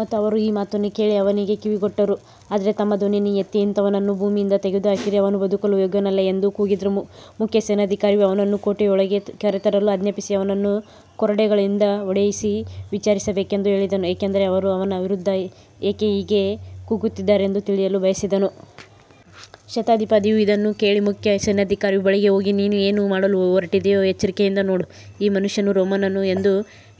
ಮತ್ತು ಅವರು ಈ ಮಾತನ್ನು ಕೇಳಿ ಅವನಿಗೆ ಕಿವಿಗೊಟ್ಟರು, ಆದರೆ ತಮ್ಮ ಧ್ವನಿಯನ್ನು ಎತ್ತಿ ಇಂಥವನನ್ನು ಭೂಮಿಯಿಂದ ತೆಗೆದುಹಾಕಿರಿ, ಅವನು ಬದುಕಲು ಯೋಗ್ಯನಲ್ಲ ಎಂದು ಕೂಗಿದರು. ಮುಖ್ಯ ಸೇನಾಧಿಕಾರಿಯು ಅವನನ್ನು ಕೋಟೆಯೊಳಗೆ ಕರೆತರಲು ಆಜ್ಞಾಪಿಸಿ, ಅವನನ್ನು ಕೊರಡೆಗಳಿಂದ ಹೊಡೆಯಿಸಿ ವಿಚಾರಿಸಬೇಕೆಂದು ಹೇಳಿದನು, ಏಕೆಂದರೆ ಅವರು ಅವನ ವಿರುದ್ಧ ಏಕೆ ಹೀಗೆ ಕೂಗುತ್ತಿದ್ದಾರೆಂದು ತಿಳಿಯಲು ಬಯಸಿದನು. ಶತಾಧಿಪತಿಯು ಇದನ್ನು ಕೇಳಿ ಮುಖ್ಯ ಸೇನಾಧಿಕಾರಿಯ ಬಳಿಗೆ ಹೋಗಿ, ನೀನು ಏನು ಮಾಡಲು ಹೊರಟಿದ್ದೀಯೋ ಎಚ್ಚರಿಕೆಯಿಂದ ನೋಡು, ಈ ಮನುಷ್ಯನು ರೋಮನ್ನನು ಎಂದು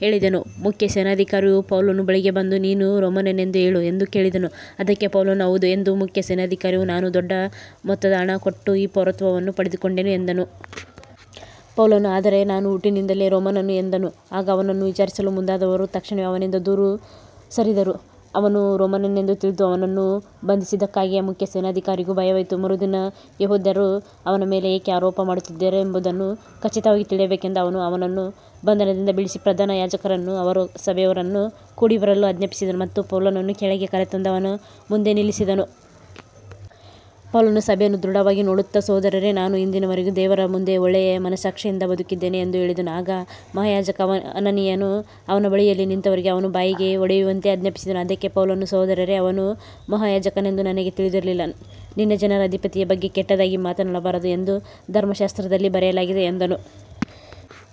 ಹೇಳಿದನು. ಮುಖ್ಯ ಸೇನಾಧಿಕಾರಿಯು ಪೌಲನ ಬಳಿಗೆ ಬಂದು, ನೀನು ರೋಮನ್ನನೆಂದು ಹೇಳು ಎಂದು ಕೇಳಿದನು. ಅದಕ್ಕೆ ಪೌಲನು, ಹೌದು ಎಂದನು. ಮುಖ್ಯ ಸೇನಾಧಿಕಾರಿಯು, ನಾನು ದೊಡ್ಡ ಮೊತ್ತದ ಹಣ ಕೊಟ್ಟು ಈ ಪೌರತ್ವವನ್ನು ಪಡೆದುಕೊಂಡೆನು ಎಂದನು. ಪೌಲನು, ಆದರೆ ನಾನು ಹುಟ್ಟಿನಿಂದಲೇ ರೋಮನ್ನನು ಎಂದನು. ಆಗ ಅವನನ್ನು ವಿಚಾರಿಸಲು ಮುಂದಾದವರು ತಕ್ಷಣವೇ ಅವನಿಂದ ದೂರ ಸರಿದರು. ಅವನು ರೋಮನ್ನನೆಂದು ತಿಳಿದು ಅವನನ್ನು ಬಂಧಿಸಿದ್ದಕ್ಕಾಗಿ ಮುಖ್ಯ ಸೇನಾಧಿಕಾರಿಗೂ ಭಯವಾಯಿತು. ಮರುದಿನ ಯೆಹೂದ್ಯರು ಅವನ ಮೇಲೆ ಏಕೆ ಆರೋಪ ಮಾಡುತ್ತಿದ್ದಾರೆಂಬುದನ್ನು ಖಚಿತವಾಗಿ ತಿಳಿಯಬೇಕೆಂದು ಅವನು ಅವನನ್ನು ಬಂಧನದಿಂದ ಬಿಡಿಸಿ, ಪ್ರಧಾನ ಯಾಜಕರನ್ನೂ ಅವರ ಸಭೆಯವರನ್ನೂ ಕೂಡಿಬರಲು ಆಜ್ಞಾಪಿಸಿದನು ಮತ್ತು ಪೌಲನನ್ನು ಕೆಳಗೆ ಕರೆತಂದು ಅವರ ಮುಂದೆ ನಿಲ್ಲಿಸಿದನು. ಪೌಲನು ಸಭೆಯನ್ನು ದೃಢವಾಗಿ ನೋಡುತ್ತಾ, ಸಹೋದರರೇ, ನಾನು ಇಂದಿನವರೆಗೂ ದೇವರ ಮುಂದೆ ಒಳ್ಳೆಯ ಮನಸ್ಸಾಕ್ಷಿಯಿಂದ ಬದುಕಿದ್ದೇನೆ ಎಂದು ಹೇಳಿದನು. ಆಗ ಮಹಾಯಾಜಕ ಅನನೀಯನು ಅವನ ಬಳಿಯಲ್ಲಿ ನಿಂತವರಿಗೆ ಅವನ ಬಾಯಿಗೆ ಹೊಡೆಯುವಂತೆ ಆಜ್ಞಾಪಿಸಿದನು. ಅದಕ್ಕೆ ಪೌಲನು, ಸಹೋದರರೇ, ಅವನು ಮಹಾಯಾಜಕನೆಂದು ನನಗೆ ತಿಳಿದಿರಲಿಲ್ಲ, ನಿನ್ನ ಜನರ ಅಧಿಪತಿಯ ಬಗ್ಗೆ ಕೆಟ್ಟದಾಗಿ ಮಾತನಾಡಬಾರದು ಎಂದು ಧರ್ಮಶಾಸ್ತ್ರದಲ್ಲಿ ಬರೆಯಲಾಗಿದೆ ಎಂದನು.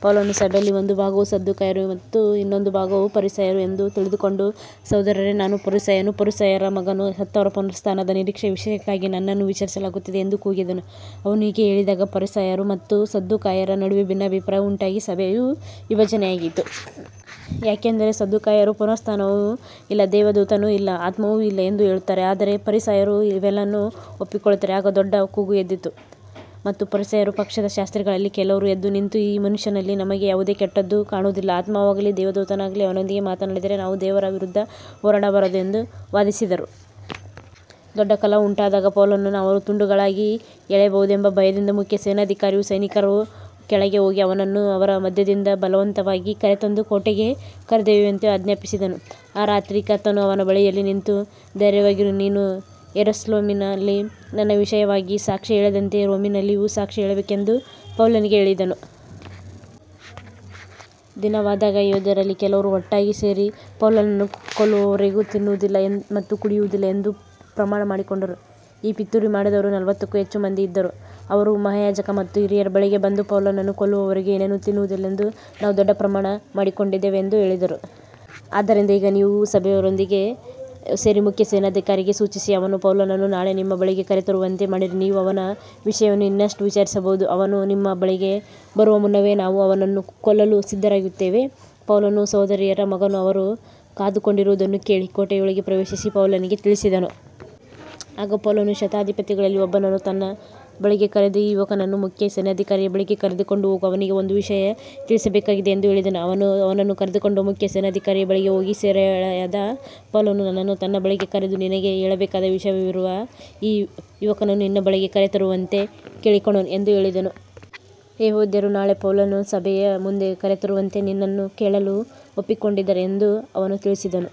ಪೌಲನು ಸಭೆಯಲ್ಲಿ ಒಂದು ಭಾಗವು ಸದ್ದುಕಾಯರು ಮತ್ತು ಇನ್ನೊಂದು ಭಾಗವು ಫರಿಸಾಯರು ಎಂದು ತಿಳಿದುಕೊಂಡು, ಸಹೋದರರೇ, ನಾನು ಫರಿಸಾಯನು, ಫರಿಸಾಯರ ಮಗನು, ಸತ್ತವರ ಪುನರುತ್ಥಾನದ ನಿರೀಕ್ಷೆಯ ವಿಷಯಕ್ಕಾಗಿ ನನ್ನನ್ನು ವಿಚಾರಿಸಲಾಗುತ್ತಿದೆ ಎಂದು ಕೂಗಿದನು. ಅವನು ಹೀಗೆ ಹೇಳಿದಾಗ ಫರಿಸಾಯರು ಮತ್ತು ಸದ್ದುಕಾಯರ ನಡುವೆ ಭಿನ್ನಾಭಿಪ್ರಾಯ ಉಂಟಾಗಿ ಸಭೆಯು ವಿಭಜನೆಯಾಯಿತು. ಯಾಕಂದರೆ ಸದ್ದುಕಾಯರು ಪುನರುತ್ಥಾನವೂ ಇಲ್ಲ, ದೇವದೂತನೂ ಇಲ್ಲ, ಆತ್ಮವೂ ಇಲ್ಲ ಎಂದು ಹೇಳುತ್ತಾರೆ, ಆದರೆ ಫರಿಸಾಯರು ಇವೆಲ್ಲವನ್ನೂ ಒಪ್ಪಿಕೊಳ್ಳುತ್ತಾರೆ. ಆಗ ದೊಡ್ಡ ಕೂಗು ಎದ್ದಿತು ಮತ್ತು ಫರಿಸಾಯರ ಪಕ್ಷದ ಶಾಸ್ತ್ರಿಗಳಲ್ಲಿ ಕೆಲವರು ಎದ್ದು ನಿಂತು, ಈ ಮನುಷ್ಯನಲ್ಲಿ ನಮಗೆ ಯಾವುದೇ ಕೆಟ್ಟದ್ದೂ ಕಾಣುವುದಿಲ್ಲ, ಆತ್ಮವಾಗಲಿ ದೇವದೂತನಾಗಲಿ ಅವನೊಂದಿಗೆ ಮಾತನಾಡಿದ್ದರೆ ನಾವು ದೇವರ ವಿರುದ್ಧ ಹೋರಾಡಬಾರದು ಎಂದು ವಾದಿಸಿದರು. ದೊಡ್ಡ ಕಲಹ ಉಂಟಾದಾಗ ಪೌಲನನ್ನು ಅವರು ತುಂಡುಗಳಾಗಿ ಎಳೆಯಬಹುದೆಂಬ ಭಯದಿಂದ ಮುಖ್ಯ ಸೇನಾಧಿಕಾರಿಯು ಸೈನಿಕರು ಕೆಳಗೆ ಹೋಗಿ ಅವನನ್ನು ಅವರ ಮಧ್ಯದಿಂದ ಬಲವಂತವಾಗಿ ಕರೆತಂದು ಕೋಟೆಗೆ ಕರೆದೊಯ್ಯುವಂತೆ ಆಜ್ಞಾಪಿಸಿದನು. ಆ ರಾತ್ರಿ ಕರ್ತನು ಅವನ ಬಳಿಯಲ್ಲಿ ನಿಂತು, ಧೈರ್ಯವಾಗಿರು, ನೀನು ಯೆರೂಸಲೇಮಿನಲ್ಲಿ ನನ್ನ ವಿಷಯವಾಗಿ ಸಾಕ್ಷಿ ಹೇಳಿದಂತೆ ರೋಮಿನಲ್ಲಿಯೂ ಸಾಕ್ಷಿ ಹೇಳಬೇಕು ಎಂದು ಪೌಲನಿಗೆ ಹೇಳಿದನು. ದಿನವಾದಾಗ ಯೆಹೂದ್ಯರಲ್ಲಿ ಕೆಲವರು ಒಟ್ಟಾಗಿ ಸೇರಿ, ಪೌಲನನ್ನು ಕೊಲ್ಲುವವರೆಗೂ ತಿನ್ನುವುದಿಲ್ಲ ಮತ್ತು ಕುಡಿಯುವುದಿಲ್ಲ ಎಂದು ಪ್ರಮಾಣ ಮಾಡಿಕೊಂಡರು. ಈ ಪಿತೂರಿ ಮಾಡಿದವರು ನಲವತ್ತಕ್ಕೂ ಹೆಚ್ಚು ಮಂದಿ ಇದ್ದರು. ಅವರು ಮಹಾಯಾಜಕರ ಮತ್ತು ಹಿರಿಯರ ಬಳಿಗೆ ಬಂದು, ಪೌಲನನ್ನು ಕೊಲ್ಲುವವರೆಗೂ ಏನನ್ನೂ ತಿನ್ನುವುದಿಲ್ಲವೆಂದು ನಾವು ದೊಡ್ಡ ಪ್ರಮಾಣ ಮಾಡಿಕೊಂಡಿದ್ದೇವೆ ಎಂದು ಹೇಳಿದರು. ಆದ್ದರಿಂದ ಈಗ ನೀವು ಸಭೆಯವರೊಂದಿಗೆ ಸೇರಿ ಮುಖ್ಯ ಸೇನಾಧಿಕಾರಿಗೆ ಸೂಚಿಸಿ, ಅವನು ಪೌಲನನ್ನು ನಾಳೆ ನಿಮ್ಮ ಬಳಿಗೆ ಕರೆತರುವಂತೆ ಮಾಡಿರಿ, ನೀವು ಅವನ ವಿಷಯವನ್ನು ಇನ್ನಷ್ಟು ವಿಚಾರಿಸಬಹುದು. ಅವನು ನಿಮ್ಮ ಬಳಿಗೆ ಬರುವ ಮುನ್ನವೇ ನಾವು ಅವನನ್ನು ಕೊಲ್ಲಲು ಸಿದ್ಧರಾಗಿರುತ್ತೇವೆ. ಪೌಲನ ಸಹೋದರಿಯ ಮಗನು ಅವರು ಕಾದುಕೊಂಡಿರುವುದನ್ನು ಕೇಳಿ ಕೋಟೆಯೊಳಗೆ ಪ್ರವೇಶಿಸಿ ಪೌಲನಿಗೆ ತಿಳಿಸಿದನು. ಆಗ ಪೌಲನು ಶತಾಧಿಪತಿಗಳಲ್ಲಿ ಒಬ್ಬನನ್ನು ತನ್ನ ಬಳಿಗೆ ಕರೆದು, ಈ ಯುವಕನನ್ನು ಮುಖ್ಯ ಸೇನಾಧಿಕಾರಿಯ ಬಳಿಗೆ ಕರೆದುಕೊಂಡು ಹೋಗು, ಅವನಿಗೆ ಒಂದು ವಿಷಯ ತಿಳಿಸಬೇಕಾಗಿದೆ ಎಂದು ಹೇಳಿದನು. ಅವನು ಅವನನ್ನು ಕರೆದುಕೊಂಡು ಮುಖ್ಯ ಸೇನಾಧಿಕಾರಿಯ ಬಳಿಗೆ ಹೋಗಿ, ಸೆರೆಯಾಳಾದ ಪೌಲನು ನನ್ನನ್ನು ತನ್ನ ಬಳಿಗೆ ಕರೆದು, ನಿನಗೆ ಹೇಳಬೇಕಾದ ವಿಷಯವಿರುವ ಈ ಯುವಕನನ್ನು ನಿನ್ನ ಬಳಿಗೆ ಕರೆತರುವಂತೆ ಕೇಳಿಕೊಂಡನು ಎಂದು ಹೇಳಿದನು. ಯೆಹೂದ್ಯರು ನಾಳೆ ಪೌಲನನ್ನು ಸಭೆಯ ಮುಂದೆ ಕರೆತರುವಂತೆ ನಿನ್ನನ್ನು ಕೇಳಲು ಒಪ್ಪಿಕೊಂಡಿದ್ದಾರೆ ಎಂದು ಅವನು ತಿಳಿಸಿದನು.